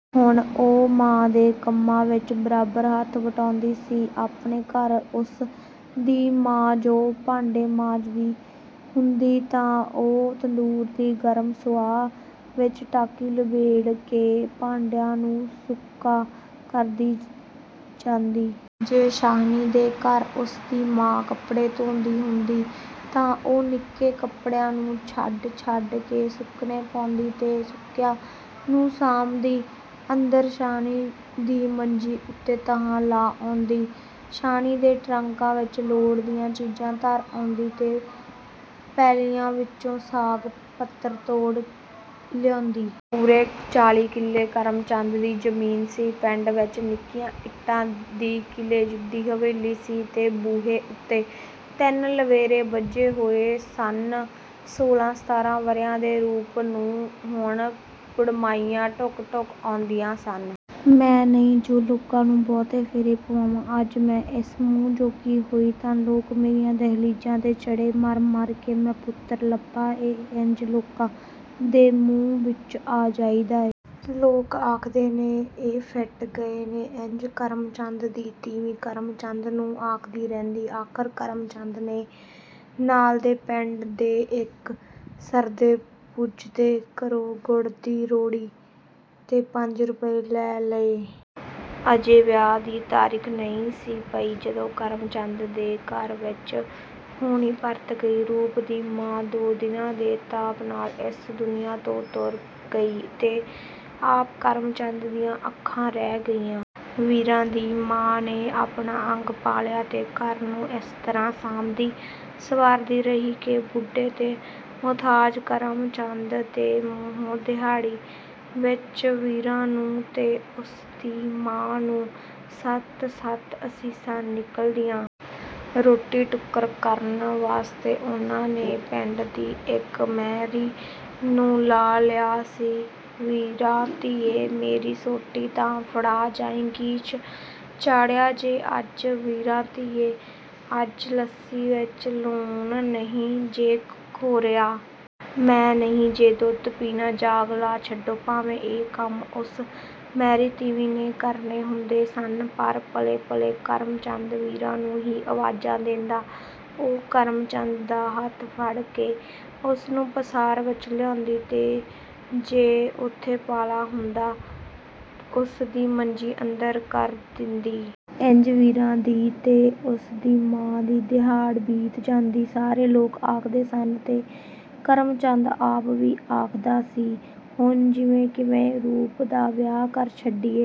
ਹੁਣ ਉਹ ਮਾਂ ਦੇ ਕੰਮਾਂ ਵਿੱਚ ਬਰਾਬਰ ਹੱਥ ਵਟਾਉਂਦੀ ਸੀ। ਆਪਣੇ ਘਰ ਉਸ ਦੀ ਮਾਂ ਜੋ ਭਾਂਡੇ ਮਾਂਜਦੀ ਹੁੰਦੀ, ਤਾਂ ਉਹ ਤੰਦੂਰ ਦੀ ਗਰਮ ਸੁਆਹ ਵਿੱਚ ਟਾਕੀ ਲਬੇੜ ਕੇ ਭਾਂਡਿਆਂ ਨੂੰ ਸੁੱਕਾ ਕਰਦੀ ਜਾਂਦੀ। ਜੇ ਸ਼ਾਹਣੀ ਦੇ ਘਰ ਉਸ ਦੀ ਮਾਂ ਕੱਪੜੇ ਧੋਂਦੀ ਹੁੰਦੀ ਤਾਂ ਉਹ ਨਿੱਕੇ ਕੱਪੜਿਆਂ ਨੂੰ ਛੱਡ-ਛੱਡ ਕੇ ਸੁੱਕਣੇ ਪਾਉਂਦੀ ਤੇ ਸੁੱਕਿਆਂ ਨੂੰ ਸਾਂਭਦੀ, ਅੰਦਰ ਸ਼ਾਹਣੀ ਦੀ ਮੰਜੀ ਉੱਤੇ ਤਹਾਂ ਲਾ ਆਉਂਦੀ। ਸ਼ਾਹਣੀ ਦੇ ਟਰੰਕਾਂ ਵਿੱਚ ਲੋੜ ਦੀਆਂ ਚੀਜ਼ਾਂ ਧਰ ਆਉਂਦੀ ਤੇ ਪੈਲੀਆਂ ਵਿੱਚੋਂ ਸਾਗ-ਪੱਤਰ ਤੋੜ ਲਿਆਉਂਦੀ। ਪੂਰੇ ਚਾਲ੍ਹੀ ਕਿੱਲੇ ਕਰਮ ਚੰਦ ਦੀ ਜ਼ਮੀਨ ਸੀ। ਪਿੰਡ ਵਿੱਚ ਨਿੱਕੀਆਂ ਇੱਟਾਂ ਦੀ ਕਿਲ੍ਹੇ ਜਿੱਡੀ ਹਵੇਲੀ ਸੀ ਤੇ ਬੂਹੇ ਉੱਤੇ ਤਿੰਨ ਲਵੇਰੇ ਬੱਝੇ ਹੋਏ ਸਨ। ਸੋਲ੍ਹਾਂ-ਸਤਾਰਾਂ ਵਰ੍ਹਿਆਂ ਦੇ ਰੂਪ ਨੂੰ ਹੁਣ ਕੁੜਮਾਈਆਂ ਢੁੱਕ-ਢੁੱਕ ਆਉਂਦੀਆਂ ਸਨ। “ਮੈਂ ਨਹੀਂ ਜੋ ਲੋਕਾਂ ਨੂੰ ਬਹੁਤੇ ਫੇਰੇ ਪਵਾਣੇ। ਅੱਜ ਮੈਂ ਇਸ ਮੂੰਹ ਜੋਗੀ ਹੋਈ, ਤਾਂ ਲੋਕ ਮੇਰੀਆਂ ਦਹਿਲੀਜ਼ਾਂ ਤੇ ਚੜ੍ਹੇ। ਮਰ-ਮਰ ਕੇ ਮੈਂ ਪੁੱਤਰ ਲੱਭਾ ਏ। ਇੰਝ ਲੋਕਾਂ ਦੇ ਮੂੰਹ ਵਿੱਚ ਆ ਜਾਈਦਾ ਏ। ਲੋਕ ਆਖਦੇ ਨੇ, ਇਹ ਫਿੱਟ ਗਏ ਨੇ...” ਇੰਝ ਕਰਮ ਚੰਦ ਦੀ ਤੀਵੀਂ ਕਰਮ ਚੰਦ ਨੂੰ ਆਖਦੀ ਰਹਿੰਦੀ। ਆਖ਼ਰ ਕਰਮ ਚੰਦ ਨੇ ਨਾਲ ਦੇ ਪਿੰਡ ਦੇ ਇੱਕ ਸਰਦੇ-ਪੁੱਜਦੇ ਘਰੋਂ ਗੁੜ ਦੀ ਰੋੜੀ ਤੇ ਪੰਜ ਰੁਪਏ ਲੈ ਲਏ। ਅਜੇ ਵਿਆਹ ਦੀ ਤਾਰੀਖ ਨਹੀਂ ਸੀ ਪਈ, ਜਦੋਂ ਕਰਮ ਚੰਦ ਦੇ ਘਰ ਵਿੱਚ ਹੋਣੀ ਵਰਤ ਗਈ। ਰੂਪ ਦੀ ਮਾਂ ਦੋ ਦਿਨਾਂ ਦੇ ਤਾਪ ਨਾਲ ਇਸ ਦੁਨੀਆਂ ਤੋਂ ਤੁਰ ਗਈ ਤੇ ਆਪ ਕਰਮ ਚੰਦ ਦੀਆਂ ਅੱਖਾਂ ਰਹਿ ਗਈਆਂ। ਵੀਰਾਂ ਦੀ ਮਾਂ ਨੇ ਆਪਣਾ ਅੰਗ ਪਾਲਿਆ ਤੇ ਘਰ ਨੂੰ ਇਸ ਤਰ੍ਹਾਂ ਸਾਂਭਦੀ-ਸੰਵਾਰਦੀ ਰਹੀ ਕਿ ਬੁੱਢੇ ਤੇ ਮੁਥਾਜ ਕਰਮ ਚੰਦ ਦੇ ਮੂੰਹੋਂ ਦਿਹਾੜੀ ਵਿੱਚ ਵੀਰਾਂ ਨੂੰ ਤੇ ਉਸ ਦੀ ਮਾਂ ਨੂੰ ਸੱਤ-ਸੱਤ ਅਸੀਸਾਂ ਨਿਕਲਦੀਆਂ। ਰੋਟੀ-ਟੁੱਕਰ ਕਰਨ ਵਾਸਤੇ ਉਹਨਾਂ ਨੇ ਪਿੰਡ ਦੀ ਇੱਕ ਮਹਿਰੀ ਨੂੰ ਲਾ ਲਿਆ ਸੀ। “ਵੀਰਾਂ ਧੀਏ! ਮੇਰੀ ਸੋਟੀ ਤਾਂ ਫੜਾ ਜਾਈਂ... ਕੀ ਚਾੜ੍ਹਿਆ ਜੇ ਅੱਜ, ਵੀਰਾਂ ਧੀਏ?... ਅੱਜ ਲੱਸੀ ਵਿੱਚ ਲੂਣ ਨਹੀਂ ਜੇ ਖੋਰਿਆ... ਮੈਂ ਨਹੀਂ ਜੇ ਦੁੱਧ ਪੀਣਾ, ਜਾਗ ਲਾ ਛੱਡੋ...” ਭਾਵੇਂ ਇਹ ਕੰਮ ਉਸ ਮਹਿਰੀ ਤੀਵੀਂ ਨੇ ਕਰਨੇ ਹੁੰਦੇ ਸਨ, ਪਰ ਪਲੇ-ਪਲੇ ਕਰਮ ਚੰਦ ਵੀਰਾਂ ਨੂੰ ਹੀ ਆਵਾਜ਼ਾਂ ਦੇਂਦਾ। ਉਹ ਕਰਮ ਚੰਦ ਦਾ ਹੱਥ ਫੜ ਕੇ ਉਸ ਨੂੰ ਪਸਾਰ ਵਿੱਚ ਲਿਆਉਂਦੀ ਤੇ ਜੇ ਉੱਥੇ ਪਾਲਾ ਹੁੰਦਾ, ਉਸ ਦੀ ਮੰਜੀ ਅੰਦਰ ਕਰ ਦੇਂਦੀ। ਇੰਝ ਵੀਰਾਂ ਦੀ ਤੇ ਉਸ ਦੀ ਮਾਂ ਦੀ ਦਿਹਾੜ ਬੀਤ ਜਾਂਦੀ। ਸਾਰੇ ਲੋਕ ਆਖਦੇ ਸਨ ਤੇ ਕਰਮ ਚੰਦ ਆਪ ਵੀ ਆਖਦਾ ਸੀ, “ਹੁਣ ਜਿਵੇਂ-ਕਿਵੇਂ ਰੂਪ ਦਾ ਵਿਆਹ ਕਰ ਛੱਡੀਏ।”